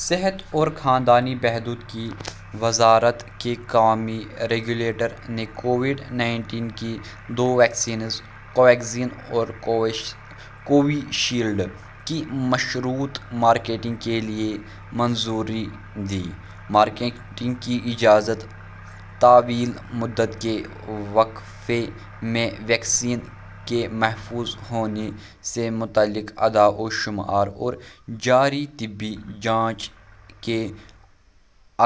صحت اور خاندانی بہبود کی وزارت قومی ریگولیٹر نے کووڈ انیس کی دو ویکسینز، کو ویکسین اور کووی شیلڈ، کی مشروط مارکیٹنگ کے لیے منظوری دی۔ مارکیٹنگ کی اجازت طویل مدت کے وقفے میں ویکسین کے محفوظ ہونے سے متعلق اعداد و شمار اور جاری طبی جانچ کے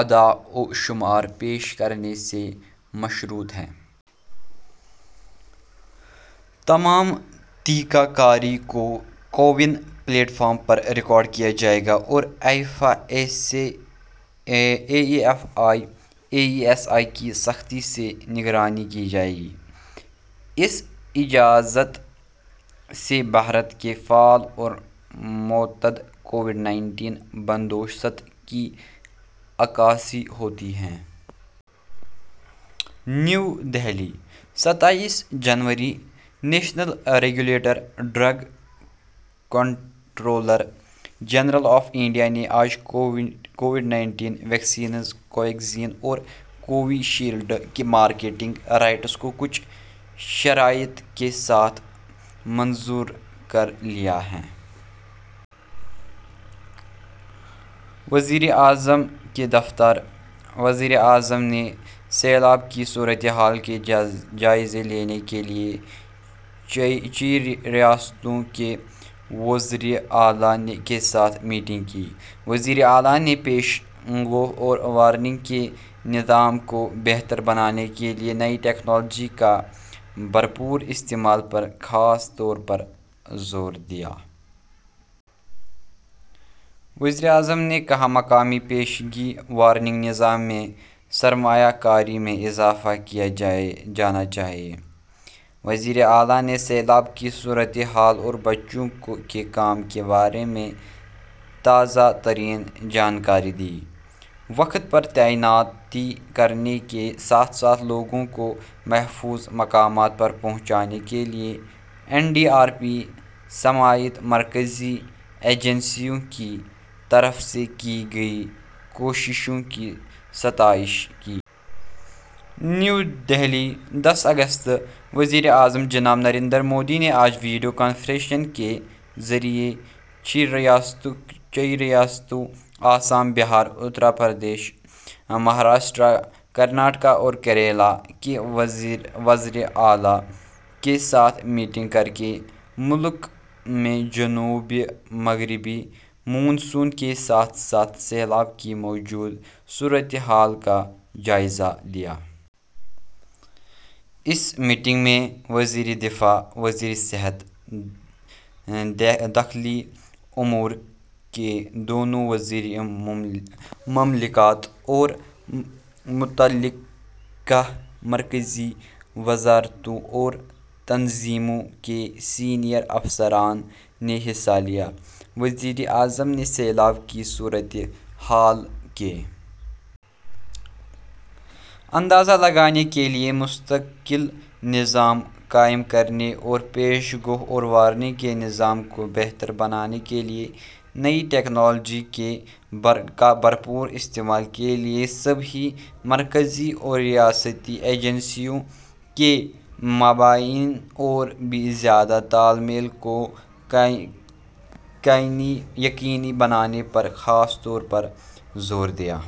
اعداد و شمار پیش کرنے سے مشروط ہے۔ تمام ٹیکہ کاری کو کوون پلیٹ فارم پر ریکارڈ کیا جائے گا اور A E F I, A E S I کی سختی سے نگرانی کی جائے گی۔ اس اجازت سے بھارت کے فعال اور محتاط کووڈ انیس بندوبست کی عکاسی ہوتی ہے۔ نئی دہلی، ستائیس جنوری۔ National regulator, drugs controller general of India نے آج دو کووڈ انیس ویکسینز، کو ویکسین اور کووی شیلڈ، کی مارکیٹنگ کے حقوق کو کچھ شرائط کے ساتھ منظور کر لیا ہے۔ وزیراعظم کا دفتر وزیر اعظم نے سیلاب کی صورت حال کا جائزہ لینے کے لیے چھ ریاستوں کے وزرائے اعلیٰ کے ساتھ میٹنگ کی۔ وزیر اعظم نے پیش گوئی اور وارننگ کے نظام کو بہتر بنانے کے لیے نئی ٹیکنالوجی کے بھرپور استعمال پر خاص طور پر زور دیا۔ وزیر اعظم نے کہا کہ مقامی پیشگی وارننگ نظام میں سرمایہ کاری میں اضافہ کیا جانا چاہیے۔ وزرائے اعلیٰ نے سیلاب کی صورت حال اور بچاؤ کے کام کے بارے میں تازہ ترین جانکاری دی؛ وقت پر تعیناتی کرنے کے ساتھ ساتھ لوگوں کو محفوظ مقامات پر پہنچانے کے لیے این ڈی آر ایف سمیت مرکزی ایجنسیوں کی طرف سے کی گئی کوششوں کی ستائش کی۔ نئی دہلی، دس اگست۔ وزیر اعظم جناب نریندر مودی نے آج ویڈیو کانفرنس کے ذریعے چھ ریاستوں، آسام، بہار، اتر پردیش، مہاراشٹر، کرناٹک اور کیرالہ، کے وزرائے اعلیٰ کے ساتھ میٹنگ کر کے ملک میں جنوب مغربی مانسون کے ساتھ ساتھ سیلاب کی موجودہ صورت حال کا جائزہ لیا۔ اس میٹنگ میں وزیر دفاع، وزیر صحت، داخلی امور کے دونوں وزرائے مملکت اور متعلقہ مرکزی وزارتوں اور تنظیموں کے سینئر افسران نے حصہ لیا۔ وزیر اعظم نے سیلاب کی صورت حال کا اندازہ لگانے کے لیے مستقل نظام قائم کرنے اور پیش گوئی اور وارننگ کے نظام کو بہتر بنانے کے لیے نئی ٹیکنالوجی کے بھرپور استعمال کے لیے سبھی مرکزی اور ریاستی ایجنسیوں کے مابین اور بھی زیادہ تال میل کو یقینی بنانے پر خاص طور پر زور دیا۔